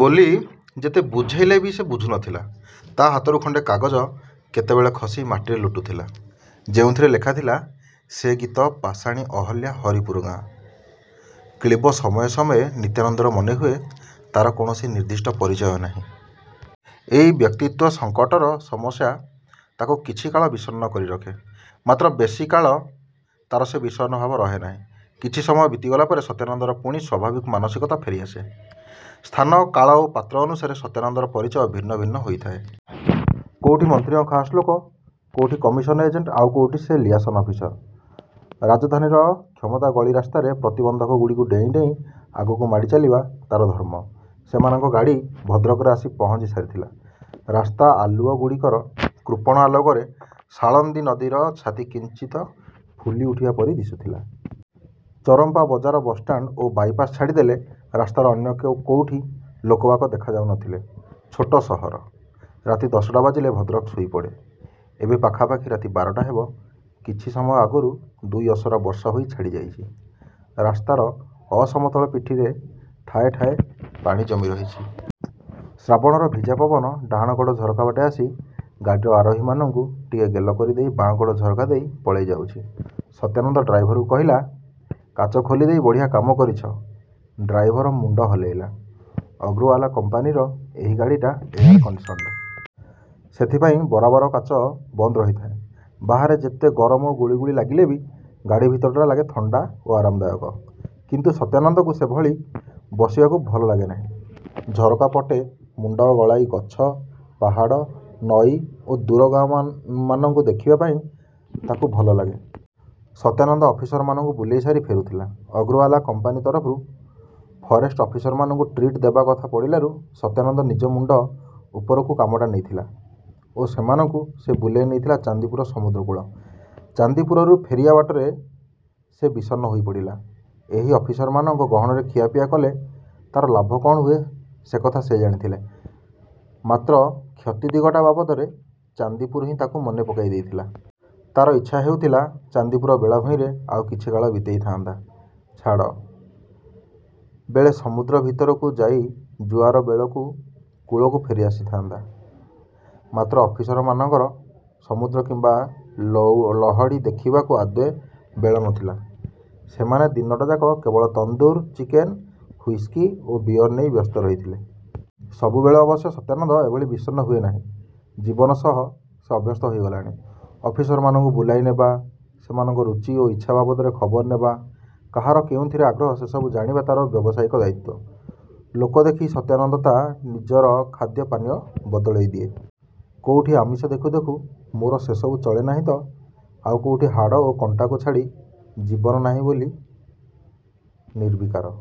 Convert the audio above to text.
ବୋଲି ଯେତେ ବୁଝେଇଲେ ବି ସେ ବୁଝୁ ନଥିଲା। ତା ହାତରୁ ଖଣ୍ଡେ କାଗଜ କେତେବେଳେ ଖସି ମାଟିରେ ଲୋଟୁଥିଲା, ଯେଉଁଥିରେ ଲେଖାଥିଲା ସେ ଗୀତ ପାଷାଣୀ ଅହଲ୍ୟା ହରିପୁରୁ ଗାଁ। କ୍ଳୀବ ସମୟେ ସମୟେ ନିତ୍ୟାନନ୍ଦର ମନେହୁଏ, ତାର କୌଣସି ନିର୍ଦ୍ଦିଷ୍ଟ ପରିଚୟ ନାହିଁ। ଏଇ ବ୍ୟକ୍ତିତ୍ୱ ସଙ୍କଟର ସମସ୍ୟା ତାକୁ କିଛି କାଳ ବିଷଣ୍ଣ କରିରଖେ। ମାତ୍ର ବେଶିକାଳ ତାର ସେ ବିଷଣ୍ଣ ଭାବ ରହେନାହିଁ। କିଛି ସମୟ ବିତିଗଲା ପରେ ସତ୍ୟାନନ୍ଦର ପୁଣି ସ୍ୱାଭାବିକ ମାନସିକତା ଫେରିଆସେ। ସ୍ଥାନ, କାଳ ଓ ପାତ୍ର ଅନୁସାରେ ସତ୍ୟାନନ୍ଦର ପରିଚୟ ଭିନ୍ନ ଭିନ୍ନ ହୋଇଥାଏ। କୋଉଠି ମନ୍ତ୍ରୀଙ୍କ ଖାସ୍ ଲୋକ, କୋଉଠି କମିଶନ ଏଜେଣ୍ଟ, ଆଉ କୋଉଠି ସେ ଲିଆସନ ଅଫିସର। ରାଜଧାନୀର କ୍ଷମତା ଗଳି ରାସ୍ତାରେ ପ୍ରତିବନ୍ଧକ ଗୁଡ଼ିକୁ ଡେଇଁ ଡେଇଁ ଆଗକୁ ମାଡ଼ି ଚାଲିବା ତାର ଧର୍ମ। ସେମାନଙ୍କ ଗାଡ଼ି ଭଦ୍ରକରେ ଆସି ପହଞ୍ଚି ସାରିଥିଲା। ରାସ୍ତା ଆଲୁଅ ଗୁଡ଼ିକର କୃପଣ ଆଲୋକରେ ସାଳନ୍ଦୀ ନଦୀର ଛାତି କିଞ୍ଚିତ ଫୁଲି ଉଠିବା ପରି ଦିଶୁଥିଲା। ଚରମ୍ପା ବଜାର ବସ୍‌ଷ୍ଟାଣ୍ଡ ଓ ବାଇପାସ୍ ଛାଡ଼ିଦେଲେ ରାସ୍ତାର ଅନ୍ୟ କୋଉଠି ଲୋକବାକ ଦେଖାଯାଉ ନଥିଲେ। ଛୋଟ ସହର। ରାତି ଦଶଟା ବାଜିଲେ ଭଦ୍ରକ ଶୋଇପଡ଼େ। ଏବେ ପାଖାପାଖି ରାତି ବାରଟା ହେବ। କିଛି ସମୟ ଆଗରୁ ଦୁଇ ଅସରା ବର୍ଷା ହୋଇ ଛାଡ଼ିଯାଇଛି। ରାସ୍ତାର ଅସମତଳ ପିଠିରେ ଠାଏ ଠାଏ ପାଣି ଜମି ରହିଛି। ଶ୍ରାବଣର ଭିଜା ପବନ ଡାହାଣକଡ଼ ଝରକାବାଟେ ଆସି, ଗାଡ଼ିର ଆରୋହୀମାନଙ୍କୁ ଟିକେ ଗେଲ କରିଦେଇ ବାଁ କଡ଼ ଝରକା ଦେଇ ପଳେଇ ଯାଉଛି। ସତ୍ୟାନନ୍ଦ ଡ୍ରାଇଭରକୁ କହିଲା, "କାଚ ଖୋଲିଦେଇ ବଢ଼ିଆ କାମ କରିଛ।" ଡ୍ରାଇଭର ମୁଣ୍ଡ ହଲେଇଲା। ଅଗ୍ରୱାଲା କମ୍ପାନିର ଏହି ଗାଡ଼ିଟା ଏୟାର କଣ୍ଡିସନ୍‌ଡ। ସେଥିପାଇଁ ବରାବର କାଚ ବନ୍ଦ ରହିଥାଏ। ବାହାରେ ଯେତେ ଗରମ ଓ ଗୁଳୁଗୁଳି ଲାଗିଲେ ବି ଗାଡ଼ି ଭିତରଟା ଲାଗେ ଥଣ୍ଡା ଓ ଆରାମଦାୟକ। କିନ୍ତୁ ସତ୍ୟାନନ୍ଦକୁ ସେଭଳି ବସିବାକୁ ଭଲ ଲାଗେ ନାହିଁ। ଝରକାପଟେ ମୁଣ୍ଡ ଗଳାଇ ଗଛ, ପାହାଡ଼, ନଈ ଓ ଦୂର ଗାଁମାନଙ୍କୁ ଦେଖିବା ପାଇଁ ତାକୁ ଭଲ ଲାଗେ। ସତ୍ୟାନନ୍ଦ ଅଫିସରମାନଙ୍କୁ ବୁଲେଇସାରି ଫେରୁଥିଲା। ଅଗ୍ରୱାଲା କମ୍ପାନି ତରଫରୁ ଫରେଷ୍ଟ ଅଫିସରମାନଙ୍କୁ 'ଟ୍ରିଟ' ଦେବା କଥା ପଡ଼ିଲାରୁ ସତ୍ୟାନନ୍ଦ ନିଜ ମୁଣ୍ଡ ଉପରକୁ କାମଟା ନେଇଥିଲା ଓ ସେମାନଙ୍କୁ ସେ ବୁଲେଇ ନେଇଥିଲା ଚାନ୍ଦିପୁର ସମୁଦ୍ରକୂଳ। ଚାନ୍ଦିପୁରରୁ ଫେରିବା ବାଟରେ ସେ ବିଷଣ୍ଣ ହୋଇପଡ଼ିଲା। ଏହି ଅଫିସରମାନଙ୍କ ଗହଣରେ ଖିଆପିଆ କଲେ ତାର ଲାଭ କଣ ହୁଏ ସେକଥା ସେ ଜାଣିଥିଲେ, ମାତ୍ର କ୍ଷତି ଦିଗଟା ବାବଦରେ ଚାନ୍ଦିପୁର ହିଁ ତାକୁ ମନେ ପକାଇ ଦେଇଥିଲା। ତାର ଇଚ୍ଛା ହେଉଥିଲା ଚାନ୍ଦିପୁର ବେଳାଭୂଇଁରେ ଆଉ କିଛି କାଳ ବିତେଇ ଥାଆନ୍ତା। ଛାଡ଼ ବେଳେ ସମୁଦ୍ର ଭିତରକୁ ଯାଇ ଜୁଆର ବେଳକୁ କୂଳକୁ ଫେରିଆସି ଥାଆନ୍ତା। ମାତ୍ର ଅଫିସରମାନଙ୍କର ସମୁଦ୍ର କିମ୍ବା ଲହଡ଼ି ଦେଖିବାକୁ ଆଦୌ ବେଳ ନଥିଲା। ସେମାନେ ଦିନଟାଯାକ କେବଳ ତନ୍ଦୁର ଚିକେନ, ହୁଇସ୍କି ଓ ବିଅର ନେଇ ବ୍ୟସ୍ତ ରହିଥିଲେ। ସବୁବେଳେ ଅବଶ୍ୟ ସତ୍ୟାନନ୍ଦ ଏଭଳି ବିଷଣ୍ଣ ହୁଏ ନାହିଁ। ଜୀବନ ସହ ସେ ଅଭ୍ୟସ୍ତ ହୋଇଗଲାଣି। ଅଫିସରମାନଙ୍କୁ ବୁଲାଇନେବା, ସେମାନଙ୍କୁ ରୁଚି ଓ ଇଚ୍ଛା ବାବଦରେ ଖବର ନେବା, କାହାର କେଉଁଥିରେ ଆଗ୍ରହ ସେସବୁ ଜାଣିବା ତାର ବ୍ୟବସାୟିକ ଦାୟିତ୍ୱ। ଲୋକ ଦେଖି ସତ୍ୟାନନ୍ଦ ତା ନିଜର ଖାଦ୍ୟ-ପାନୀୟ ବଦଳେଇ ଦିଏ। କୋଉଠି ଆମିଷ ଦେଖୁ ଦେଖୁ, ମୋର 'ସେସବୁ ଚଳେ ନାହିଁ' ତ ଆଉ କୋଉଠି 'ହାଡ଼ ଓ କଣ୍ଟାକୁ ଛାଡ଼ି ଜୀବନ ନାହିଁ' ବୋଲି ନିର୍ବିକାର।